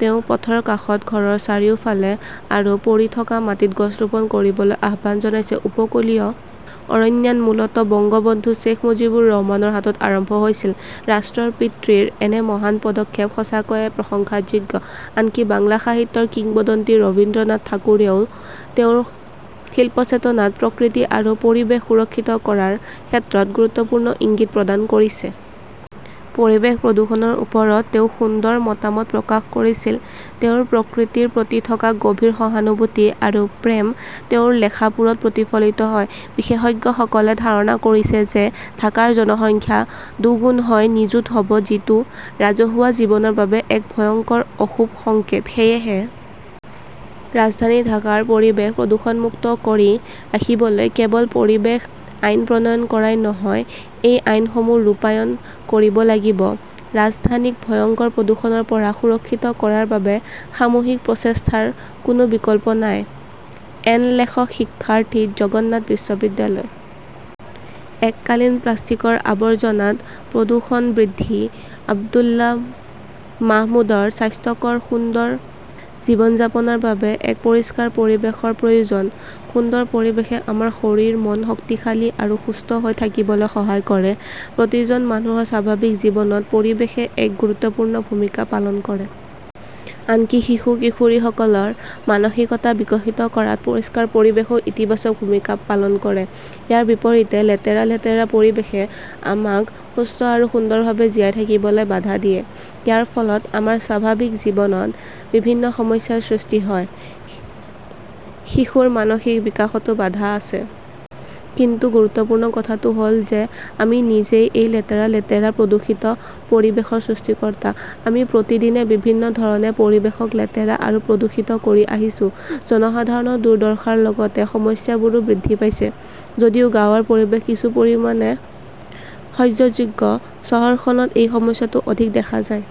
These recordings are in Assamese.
তেওঁ পথৰ কাষত, ঘৰৰ চাৰিওফালে আৰু পৰি থকা মাটিত গছ ৰোপণ কৰিবলৈ আহ্বান জনায়। উপকূলীয় অৰণ্যায়ন মূলত বংগবন্ধু শ্বেইখ মুজিবুৰ ৰহমানৰ হাতত আৰম্ভ হৈছিল। ৰাষ্ট্ৰৰ পিতৃৰ এনে মহান পদক্ষেপ সঁচাকৈয়ে প্ৰশংসাৰ যোগ্য। আনকি বাংলা সাহিত্যৰ কিংবদন্তি ৰবীন্দ্ৰনাথ ঠাকুৰেও তেওঁৰ শিল্প চেতনাত প্ৰকৃতি আৰু পৰিৱেশ সুৰক্ষিত কৰাৰ ক্ষেত্ৰত গুৰুত্বপূৰ্ণ ইংগিত প্ৰদান কৰিছে। পৰিৱেশ প্ৰদূষণৰ ওপৰত তেওঁ সুন্দৰ মতামত প্ৰকাশ কৰিছিল। তেওঁৰ প্ৰকৃতিৰ প্ৰতি থকা গভীৰ সহানুভূতি আৰু প্ৰেম তেওঁৰ লেখাবোৰত প্ৰতিফলিত হয়। বিশেষজ্ঞসকলে ধাৰণা কৰিছে যে, ঢাকাৰ জনসংখ্যা দুগুণ হৈ নিযুত হ 'ব যিটো ৰাজহুৱা জীৱনৰ বাবে এক ভয়ংকৰ অশুভ সংকেত। সেয়েহে ৰাজধানী ঢাকাৰ পৰিৱেশ প্ৰদূষণমুক্ত কৰি ৰাখিবলৈ কেৱল পৰিৱেশ আইন প্ৰণয়ন কৰাই নহয়, সেই আইনসমূহ ৰূপায়ণ কৰিব লাগিব। ৰাজধানীক ভয়ংকৰ প্ৰদূষণৰ পৰা সুৰক্ষিত কৰাৰ বাবে সামূহিক প্ৰচেষ্টাৰ কোনো বিকল্প নাই। এন লেখক শিক্ষাৰ্থী জগন্নাথ বিশ্ববিদ্যালয়। এককালীন প্লাষ্টিকৰ আৱৰ্জনাত প্ৰদূষণ বৃদ্ধি আব্দুল্লাহ মাহমুদৰ স্বাস্থ্যকৰ সুন্দৰ জীৱন যাপনৰ বাবে এক পৰিষ্কাৰ পৰিৱেশৰ প্ৰয়োজন। সুন্দৰ পৰিৱেশে আমাৰ শৰীৰ-মন শক্তিশালী আৰু সুস্থ হৈ থাকিবলৈ সহায় কৰে। প্ৰতিজন মানুহৰ স্বাভাৱিক জীৱনত পৰিৱেশে এক গুৰুত্বপূৰ্ণ ভূমিকা পালন কৰে। আনকি শিশু-কিশোৰীসকলৰ মানসিকতা বিকশিত কৰাত পৰিষ্কাৰ পৰিৱেশেও ইতিবাচক ভূমিকা পালন কৰে। ইয়াৰ বিপৰীতে, লেতেৰা-লেতেৰা পৰিৱেশে আমাক সুস্থ আৰু সুন্দৰভাৱে জীয়াই থাকিবলৈ বাধা দিয়ে। ইয়াৰ ফলত আমাৰ স্বাভাৱিক জীৱনত বিভিন্ন সমস্যাৰ সৃষ্টি হয়। শিশুৰ মানসিক বিকাশতো বাধা আছে। কিন্তু গুৰুত্বপূৰ্ণ কথাটো হ 'ল যে আমি নিজেই এই লেতেৰা-লেতেৰা প্ৰদূষিত পৰিৱেশৰ সৃষ্টিকৰ্তা। আমি প্ৰতিদিনে বিভিন্ন ধৰণে পৰিৱেশক লেতেৰা আৰু প্ৰদূষিত কৰি আহিছো। জনসাধাৰণৰ দুৰ্দশাৰ লগতে সমস্যাবোৰো বৃদ্ধি পাইছে। যদিও গাঁৱৰ পৰিৱেশ কিছু পৰিমাণে সহ্যযোগ্য, চহৰখনত এই সমস্যাটো অধিক দেখা যায়।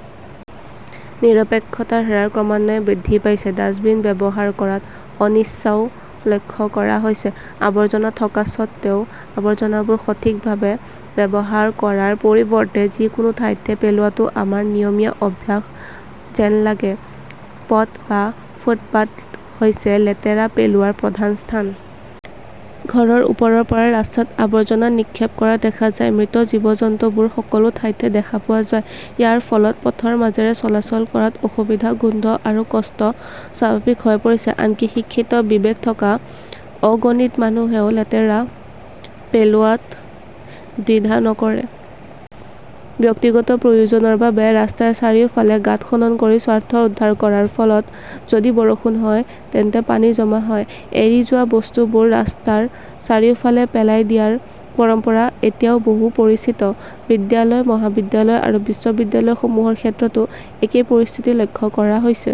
নিৰপেক্ষতাৰ হাৰ ক্ৰমান্বয়ে বৃদ্ধি পাইছে। ডাস্টবিন ব্যৱহাৰ কৰাত অনিচ্ছাও লক্ষ্য কৰা হৈছে। আৱৰ্জনা থকা স্বত্বেও, আৱৰ্জনাবোৰ সঠিকভাৱে ব্যৱহাৰ কৰাৰ পৰিৱৰ্তে যিকোনো ঠাইতে পেলোৱাটো আমাৰ নিয়মীয়া অভ্যাস যেন লাগে। পথ বা ফুটপাত হৈছে লেতেৰা পেলোৱাৰ প্ৰধান স্থান। ঘৰৰ ওপৰৰ পৰা ৰাস্তাত আৱৰ্জনা নিক্ষেপ কৰা দেখা যায়। মৃত জীৱ-জন্তুবোৰ সকলো ঠাইতে দেখা পোৱা যায়। ইয়াৰ ফলত পথৰ মাজেৰে চলাচল কৰাত অসুবিধা, গোন্ধ আৰু কষ্ট স্বাভাৱিক হৈ পৰিছে। আনকি শিক্ষিত বিবেক থকা অগণিত মানুহেও লেতেৰা পেলোৱাত দ্বিধা নকৰে। ব্যক্তিগত প্ৰয়োজনৰ বাবে ৰাস্তাৰ চাৰিওফালে গাঁত খনন কৰি স্বাৰ্থ উদ্ধাৰ কৰাৰ ফলত যদি বৰষুণ হয় তেন্তে পানী জমা হয়। এৰি যোৱা বস্তুবোৰ ৰাস্তাৰ চাৰিওফালে পেলাই দিয়াৰ পৰম্পৰা এতিয়া বহু পৰিচিত। বিদ্যালয়, মহাবিদ্যালয় আৰু বিশ্ববিদ্যালয়সমূহৰ ক্ষেত্ৰতো একেই পৰিস্থিতি লক্ষ্য কৰা হৈছে।